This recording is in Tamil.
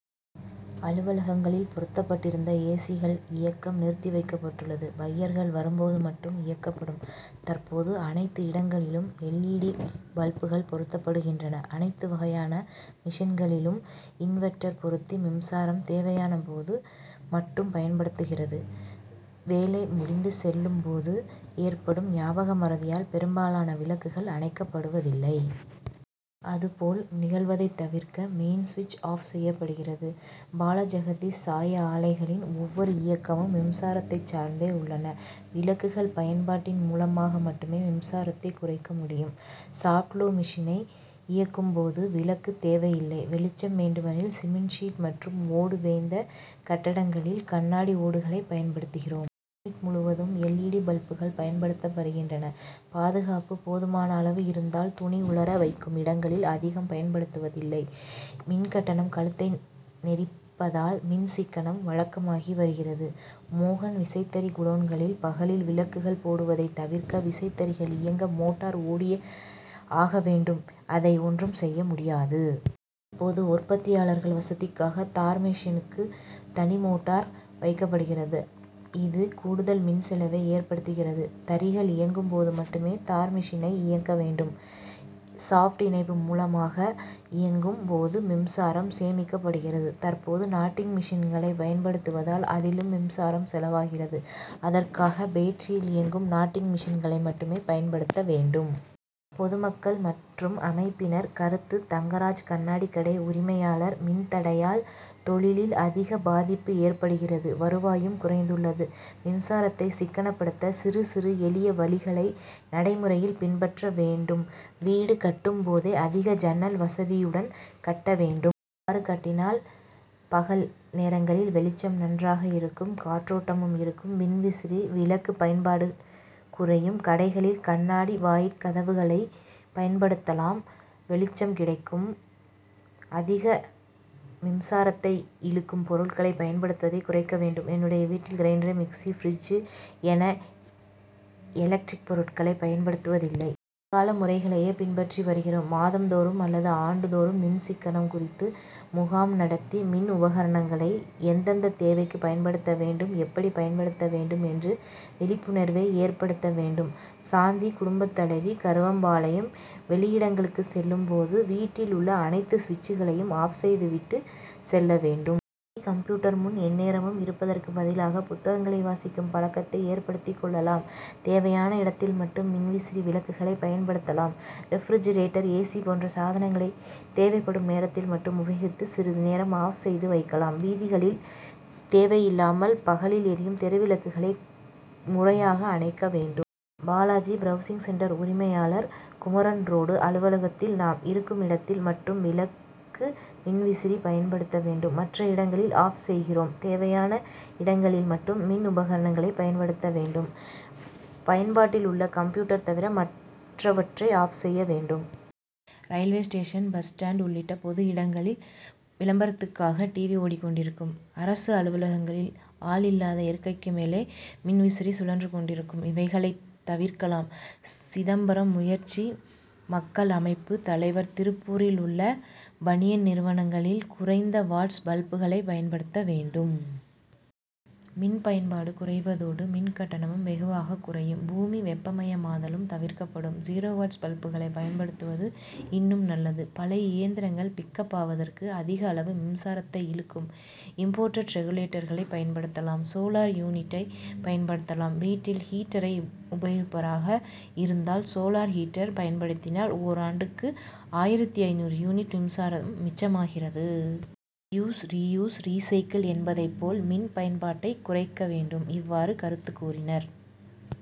அலுவலகங்களில் பொருத்தப் பட் டிருந்த ஏசிகள் இயக்கம் நிறுத்தி வைக்கப்பட்டுள்ளது. பையர்கள் வரும்போது மட்டும் இயக்கப்படும். தற்போது அனைத்து இடங்களிலும் எல். இ. டி.பல்புகள் பொருத்தப்படுகின்றன. அனைத்து வகையான மெஷின்களிலும் இன்வெர்ட்டர் பொருத்தி மின்சாரம் தேவையான போது மட்டும் பயன்படுத்தப்படுகிறது. வேலை முடிந்துசெல்லும் போது ஏற்படும் ஞாபக மறதியால் பெரும்பாலான விளக்குகள் அணைக்கப்படுவதில்லை. அதுபோல் நிகழ்வதை தவிர்க்க மெயின் சுவிட்ச் ஆப் செய்யப்படுகிறது. பாலஜெகதீஷ் சாய ஆலைகளின் ஒவ்வொரு இயக்கமும் மின்சாரத்தை சார்ந்தே உள்ளன. விளக்குகள் பயன்பாட் டின் மூலமாக மட்டுமே மின்சாரத்தை குறைக்க முடியும். சாப்ட் ப்ளோ மெஷினை இயக்கும் போது விளக்கு தேவையில்லை. வெளிச்சம் வேண்டுமெனில் சிமென்ட் சீட் மற்றும் ஓடு வேய்ந்த கட்டடங்களில் கண்ணாடி ஓடுகளை பயன்படுத்துகிறோம். யூனிட் முழுவதும் எல். இ. டி.பல்புகள் பயன்படுத்தப்படுகின்றன. பாதுகாப்பு போதுமான அளவு இருந்தால் துணி உலர வைக்கும் இடங்களில் அதிகம் பயன்படுத்துவதில்லை. மின்கட்டணம் கழுத்தை நெரிப்பதால் மின் சிக்கனம் வழக்கமாகி வருகிறது. மோகன் விசைத்தறி குடோன்களில் பகலில் விளக்குகள் போடுவதை தவிர்க்க வேண்டும். விசைத்தறிகள் இயங்க மோட்டார் ஓடியே ஆக வேண்டும் அதை ஒன்றும் செய்ய முடியாது. தற்போது உற்பத்தியாளர்கள் வசதிக்காக தார்மெஷினுக்கு தனிமோட்டார் வைக்கப்படுகிறது. இது கூடுதல் மின்செலவை ஏற்படுத்துகிறது. தறிகள் இயங்கும் போது மட்டுமே தார் மெஷினை இயக்க வேண்டும். ஷாப்ட் இணைப்பு மூலமாக இயக்கும் போது மின்சாரம் சேமிக்கப்படுகிறது. தற்போது நாட்டிங் மெஷின்களை பயன்படுத்துவதால் அதிலும் மின்சாரம் செலவாகிறது. அதற்காக பேட்டரியில் இயங்கும் நாட்டிங் மெஷின்களை மட்டுமே பயன்படுத்த வேண்டும். பொதுமக்கள் மற்றும் அமைப்பினர் கருத்து தங்கராஜ் கண்ணாடி கடை உரிமையாளர் மின் தடையால் தொழிலில் அதிக பாதிப்பு ஏற்படுகிறது வருவாயும் குறைந்துள் ளது. மின்சாரத்தை சிக்கனப்படுத்த சிறு சிறு எளிய வழிகளை நடைமுறையில் பின்பற்ற வேண்டும். வீடு கட்டும் போதே அதிக ஜன்னல் வசதியுடன் கட்ட வேண்டும். அவ்வாறு கட்டினால் பகல் நேரங்களில் வெளிச்சம் நன்றாக இருக்கும் காற்றோட்டமும் இருக்கும். மின்விசிறி விளக்கு பயன்பாடு குறையும். கடைகளில் கண்ணாடி வாயிற்கதவுகளை பயன்படுத்தலாம் வெளிச்சம் கிடைக்கும். அதிக மின்சாரத்தை இழுக்கும் பொருட்களை பயன்படுத்துவதை குறைக்க வேண்டும். என்னுடைய வீட்டில் கிரைண்டர், மிக்ஸி, பிரிட்ஜ் என எலக்ட்ரிக் பொருட்களை பயன்படுத்துவதில்லை. பழங்கால முறைகளையே பின்பற்றி வருகிறோம். மாதந்தோறும் அல்லது ஆண்டுதோறும் மின் சிக்கனம் குறித்து முகாம் நடத்தி மின் உபகரணங்களை எந்தெந்த தேவைக்கு பயன்படுத்த வேண்டும் எப்படி பயன்படுத்த வேண்டும் என்ற விழிப்புணர்வை ஏற்படுத்த வேண்டும். சாந்தி குடும்ப தலைவி கருவம்பாளையம் வெளியிடங்களுக்கு செல்லும் போது வீட்டில் உள்ள அனைத்து சுவிட்சுகளையும் ஆப் செய்து விட்டுச் செல்ல வேண்டும். டிவி, கம்ப்யூட்டர் முன் எந்நேரமும் இருப்பதற்கு பதிலாக புத்தகங்களை வாசிக்கும் பழக்கத்தை ஏற்படுத்திக் கொள்ளலாம். தேவையான இடத்தில் மட்டும் மின்விசிறி விளக்குகளை பயன்படுத்தலாம். Refrigerator A. சி. போன்ற சாதனங்களை தேவைப்படும் நேரத்தில் மட்டும் உபயோகித்து சிறிது நேரம் ஆப் செய்து வைக்கலாம். வீதிகளில் தேவை இல்லாமல் பகலில் எரியும் தெருவிளக்குகளை முறையாக அணைக்க வேண்டும். பாலாஜி பிரவுசிங் சென்டர் உரிமையாளர் குமரன் ரோடு அலுவலகத்தில் நாம் இருக்கும் இடத்தில் மட்டும் விளக்கு மின்விசிறி பயன்படுத்த வேண்டும் மற்ற இடங்களில் ஆப் செய்கிறோம். தேவையான இடங்களில் மட்டும் மின் உபகரணங்களை பயன்படுத்த வேண்டும். பயன்பாட்டில் உள்ள கம்ப்யூட்டர் தவிர மற்றவற்றை ஆப் செய்ய வேண்டும். ரயில்வே ஸ்டேஷன் பஸ் ஸ்டாண்ட் உள்ளிட்ட பொது இடங்களில விளம்பரத்துக்காக டிவி ஓடிக்கொண்டிருக்கும். அரசு அலுவலகங்களில் ஆள் இல்லாத இருக்கைக்கு மேலே மின் விசிறி சுழன்று கொண்டிருக்கும். இவைகளை தவிர்க்கலாம். சிதம்பரம் முயற்சி மக்கள் அமைப்பு தலைவர் திருப்பூரில் உள்ள பனியன் நிறுவனங்களில் குறைந்த வாட்ஸ் பல்புகளை பயன்படுத்த வேண்டும். மின் பயன்பாடு குறைவதோடு மின் கட்டணமும் வெகுவாக குறையும். பூமி வெப்பமயமாதலும் தவிர்க்கப்படும். ஜீரோ வாட்ஸ் பல்புகளை பயன்படுத்துவது இன்னும் நல்லது. பழைய இயந்திரங்கள் பிக் அப் ஆவதற்கு அதிக அளவு மின்சாரத்தை இழுக்கும் இம்போர்ட்டட் ரெகுலேட்டர்களை பயன்படுத்தலாம். சோலார் யூனிட்டை பயன்படுத்தலாம். வீட்டில் ஹீட்டரை உபயோகிப்பவராக இருந்தால் சோலார் ஹீட்டர் பயன்படுத்தினால் ஓராண்டுக்கு ஆயிரத்து ஐநூறு யூனிட் மின்சாரம் மிச்சமாகிறது. ரெடியூஸ் ரீயூஸ் ரீசைக்கிள் என்பதை போல் மின் பயன்பாட்டை குறைக்க வேண்டும். இவ்வாறு கருத்து கூறினர்.